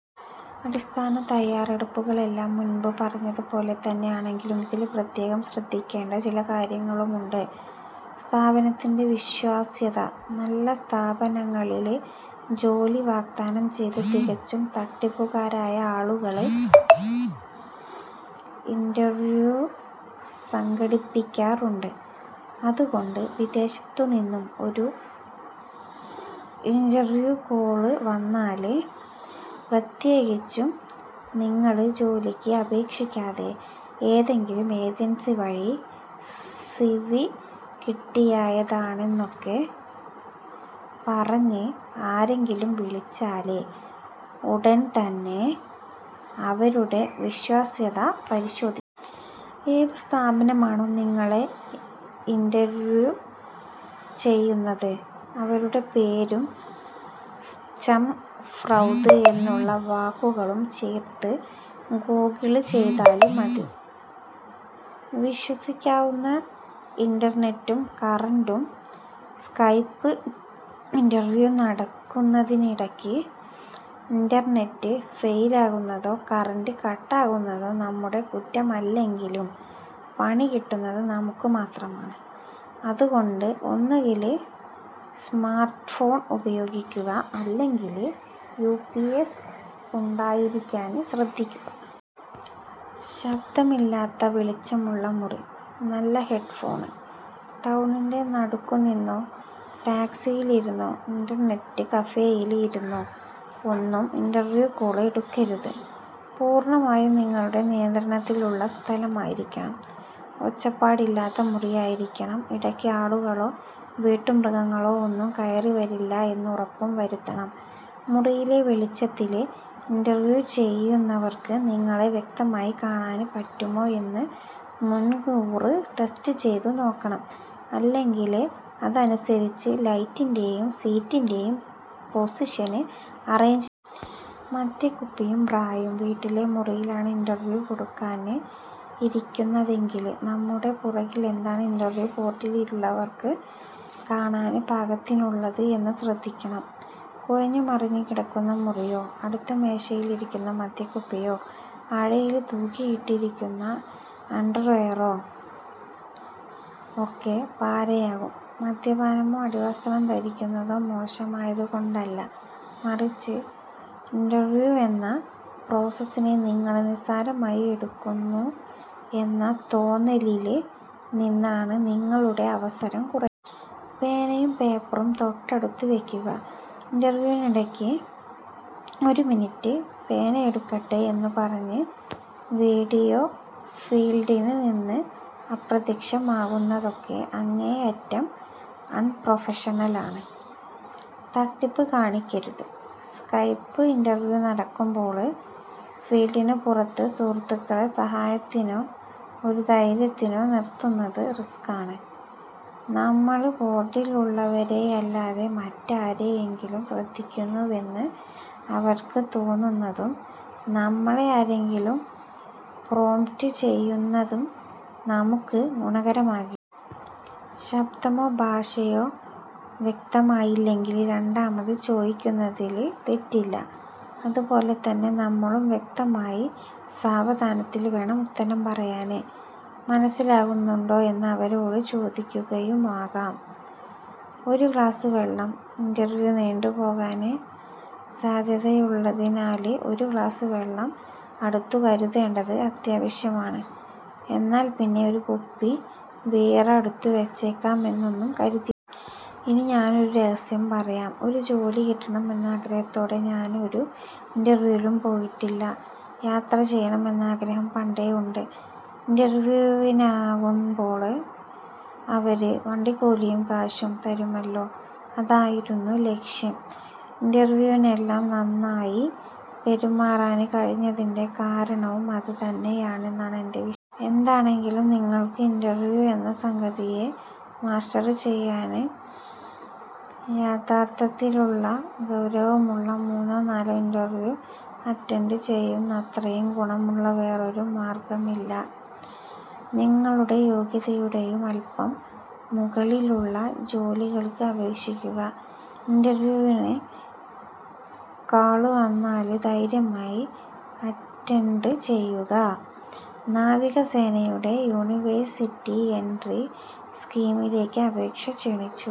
അടിസ്ഥാന തയ്യാറെടുപ്പുകളെല്ലാം മുന്പ് പറഞ്ഞത് പോലെ തന്നെ ആണെങ്കിലും ഇതില് പ്രത്യേകം ശ്രദ്ധിക്കേണ്ട ചില കാര്യങ്ങളുമുണ്ട്.. സ്ഥാപനത്തിന്റെ വിശ്വാസ്യത:നല്ല സ്ഥാപനങ്ങളില് ജോലി വാഗ്ദാനം ചെയ്ത് തികച്ചും തട്ടിപ്പുകാരായ ആളുകള് ഇന്റര്വ്യൂ സംഘടിപ്പിക്കാറുണ്ട്. അതുകൊണ്ട് വിദേശത്തു നിന്നും ഒരു ഇന്റര്വ്യൂ കാള് വന്നാല്, പ്രത്യേകിച്ചും നിങ്ങള് ജോലിക്ക് അപേക്ഷിക്കാതെ, ഏതെങ്കിലും ഏജന്സി വഴി സിവി കിട്ടിയായതാണെന്നൊക്ക പറഞ്ഞ് ആരെങ്കിലും വിളിച്ചാല് ഉടന് തന്നെ അവരുടെ വിശ്വാസ്യത പരിശോധിക്കണം. ഏത് സ്ഥാപനമാണോ നിങ്ങളെ ഇന്റര്വ്യൂ ചെയ്യുന്നത് അവരുടെ പേരും സ്ചമ് ഫ്രൌദ് എന്നുള്ള വാക്കുകളും ചേര്ത്ത് ഗൂഗിള് ചെയ്താല് മതി.. വിശ്വസിക്കാവുന്ന ഇന്റര്നെറ്റും കറണ്ടും:സ്കൈപ് ഇന്റര്വ്യൂ നടക്കുന്നതിനിടക്ക് ഇന്റര്നെറ്റ് ഫെയിലാകുന്നതോ കറന്റ് കട്ടാകുന്നതോ നമ്മുടെ കുറ്റമല്ലെങ്കിലും 'പണി കിട്ടുന്നത്' നമുക്ക് മാത്രമാണ്. അതുകൊണ്ട് ഒന്നുകില് സ്മാര്ട്ട് ഫോണ് ഉപയോഗിക്കുക, അല്ലെങ്കില് യുപിഎസ് ഉണ്ടായിരിക്കാന് ശ്രദ്ധിക്കുക.. ശബ്ദമില്ലാത്ത വെളിച്ചമുള്ള മുറി, നല്ല ഹെഡ് ഫോണ്:ടൗണിന്റെ നടുക്കുനിന്നോ ടാക്സിയിലിരുന്നോ, ഇന്റര്നെറ്റ് കഫെയില് ഇരുന്നോ ഒന്നും ഇന്റര്വ്യൂ കാള് എടുക്കരുത്. പൂര്ണ്ണമായും നിങ്ങളുടെ നിയന്ത്രണത്തിലുള്ള സ്ഥലമായിരിക്കണം, ഒച്ചപ്പാടിലാത്ത മുറിയായിരിക്കണം, ഇടക്ക് ആളുകളോ വീട്ടുമൃഗങ്ങളോ ഒന്നും കയറിവരില്ല എന്നുറപ്പും വരുത്തണം.. മുറിയിലെ വെളിച്ചത്തില് ഇന്റര്വ്യൂ ചെയ്യുന്നവര്ക്ക് നിങ്ങളെ വ്യക്തമായി കാണാന് പറ്റുമോ എന്ന് മുന്കൂര് ടെസ്റ്റ് ചെയ്തു നോക്കണം, അല്ലെങ്കില് അതനുസരിച്ച് ലൈറ്റിന്റെയും സീറ്റിന്റെയും പൊസിഷന് അറേഞ്ച് ചെയ്യണം.. മദ്യക്കുപ്പിയും ബ്രായും:വീട്ടിലെ മുറിയിലാണ് ഇന്റര്വ്യൂ കൊടുക്കാന് ഇരിക്കുന്നതെങ്കില് നമ്മുടെ പുറകിലെന്താണ് ഇന്റര്വ്യൂ ബോര്ഡിലുള്ളവര്ക്ക് കാണാന് പാകത്തിനുള്ളത് എന്നു ശ്രദ്ധിക്കണം. കുഴഞ്ഞുമറിഞ്ഞു കിടക്കുന്ന മുറിയോ, അടുത്ത മേശയിലിരിക്കുന്ന മദ്യക്കുപ്പിയോ, അഴയില് തൂക്കിയിട്ടിരിക്കുന്ന അണ്ടര്വെയറോ ഒക്കെ പാരയാകും. മദ്യപാനമോ അടിവസ്ത്രം ധരിക്കുന്നതോ മോശമായതുകൊണ്ടല്ല, മറിച്ച് ഇന്റര്വ്യൂ എന്ന പ്രോസസിനെ നിങ്ങള് നിസ്സാരമായി എടുക്കുന്നു എന്ന തോന്നലില് നിന്നാണ് നിങ്ങളുടെ അവസരം കുറയുന്നത്.. പേനയും പേപ്പറും തൊട്ടടുത്ത് വെക്കുക:ഇന്റര്വ്യൂവിനിടക്ക് ഒരു മിനിറ്റ്, പേനയെടുക്കട്ടെ, എന്നുപറഞ്ഞ് വീഡിയോ ഫീല്ഡില് നിന്ന് അപ്രത്യക്ഷമാകുന്നതൊക്കെ അങ്ങേയറ്റം അണ്പ്രൊഫഷണലാണ്.. തട്ടിപ്പ് കാണിക്കരുത്:സ്കൈപ്പ് ഇന്റര്വ്യൂ നടക്കുമ്പോള് ഫീല്ഡിനു പുറത്ത് സുഹൃത്തുക്കളെ സഹായത്തിനോ ഒരു ധൈര്യത്തിനോ നിര്ത്തുന്നത് റിസ്ക്കാണ്. നമ്മള് ബോര്ഡിലുള്ളവരെയല്ലാതെ മറ്റാരെയെങ്കിലും ശ്രദ്ധിക്കുന്നുവെന്ന് അവര്ക്ക് തോന്നുന്നതും നമ്മളെ ആരെങ്കിലും പ്രോംപ്റ്റ് ചെയ്യുന്നതും നമുക്ക് ഗുണകരമാകില്ല. ശബ്ദമോ ഭാഷയോ വ്യക്തമായില്ലെങ്കില് രണ്ടാമത് ചോദിക്കുന്നതില് തെറ്റില്ല. അതുപോലെതന്നെ നമ്മളും വ്യക്തമായി സാവധാനത്തില് വേണം ഉത്തരം പറയാന്. മനസ്സിലാകുന്നുണ്ടോ എന്ന് അവരോട് ചോദിക്കുകയുമാകാം.. ഒരു ഗ്ലാസ് വെള്ളം:ഇന്റര്വ്യൂ നീണ്ടുപോകാന് സാധ്യതയുള്ളതിനാല് ഒരു ഗ്ലാസ് വെള്ളം അടുത്തു കരുതേണ്ടത് അത്യാവശ്യമാണ്. എന്നാല്പ്പിന്നെ ഒരു കുപ്പി ബിയര് അടുത്ത് വെച്ചേക്കാമെന്നൊന്നും കരുതിയേക്കരുത്. ഇനി ഞാനൊരു രഹസ്യം പറയാം. ഒരു ജോലി കിട്ടണം എന്ന ആഗ്രഹത്തോടെ ഞാന് ഒരു ഇന്റര്വ്യൂവിനും പോയിട്ടില്ല. യാത്ര ചെയ്യണം എന്ന ആഗ്രഹം പണ്ടേ ഉണ്ട്. ഇന്റര്വ്യൂവിനാകുമ്പോള് അവര് വണ്ടിക്കൂലിയും കാശും തരുമല്ലോ, അതായിരുന്നു ലക്ഷ്യം. ഇന്റര്വ്യൂവിനെല്ലാം നന്നായി പെരുമാറാന് കഴിഞ്ഞതിന്റെ കാരണവും അത് തന്നെയാണെന്നാണ് എന്റെ വിശ്വാസം. എന്താണെങ്കിലും നിങ്ങള്ക്ക് ഇന്റര്വ്യൂ എന്ന സംഗതിയെ മാസ്റ്റര് ചെയ്യാന് യഥാര്ത്ഥത്തിലുള്ള, ഗൗരവമുള്ള മൂന്നോ നാലോ ഇന്റര്വ്യൂ അറ്റന്ഡ് ചെയ്യുന്നത്രയും ഗുണമുള്ള വേറൊരു മാര്ഗ്ഗമില്ല. നിങ്ങളുടെ യോഗ്യതയുടെയും അല്പം മുകളിലുള്ള ജോലികള്ക്ക് അപേക്ഷിക്കുക, ഇന്റര്വ്യൂവിന് കാള് വന്നാല് ധൈര്യമായി അറ്റന്ഡ് ചെയ്യുക. നാവികസേനയുടെ യൂണിവേഴ്സിറ്റി എന്ട്രി സ്കീമിലേക്ക് അപേക്ഷ ക്ഷണിച്ചു.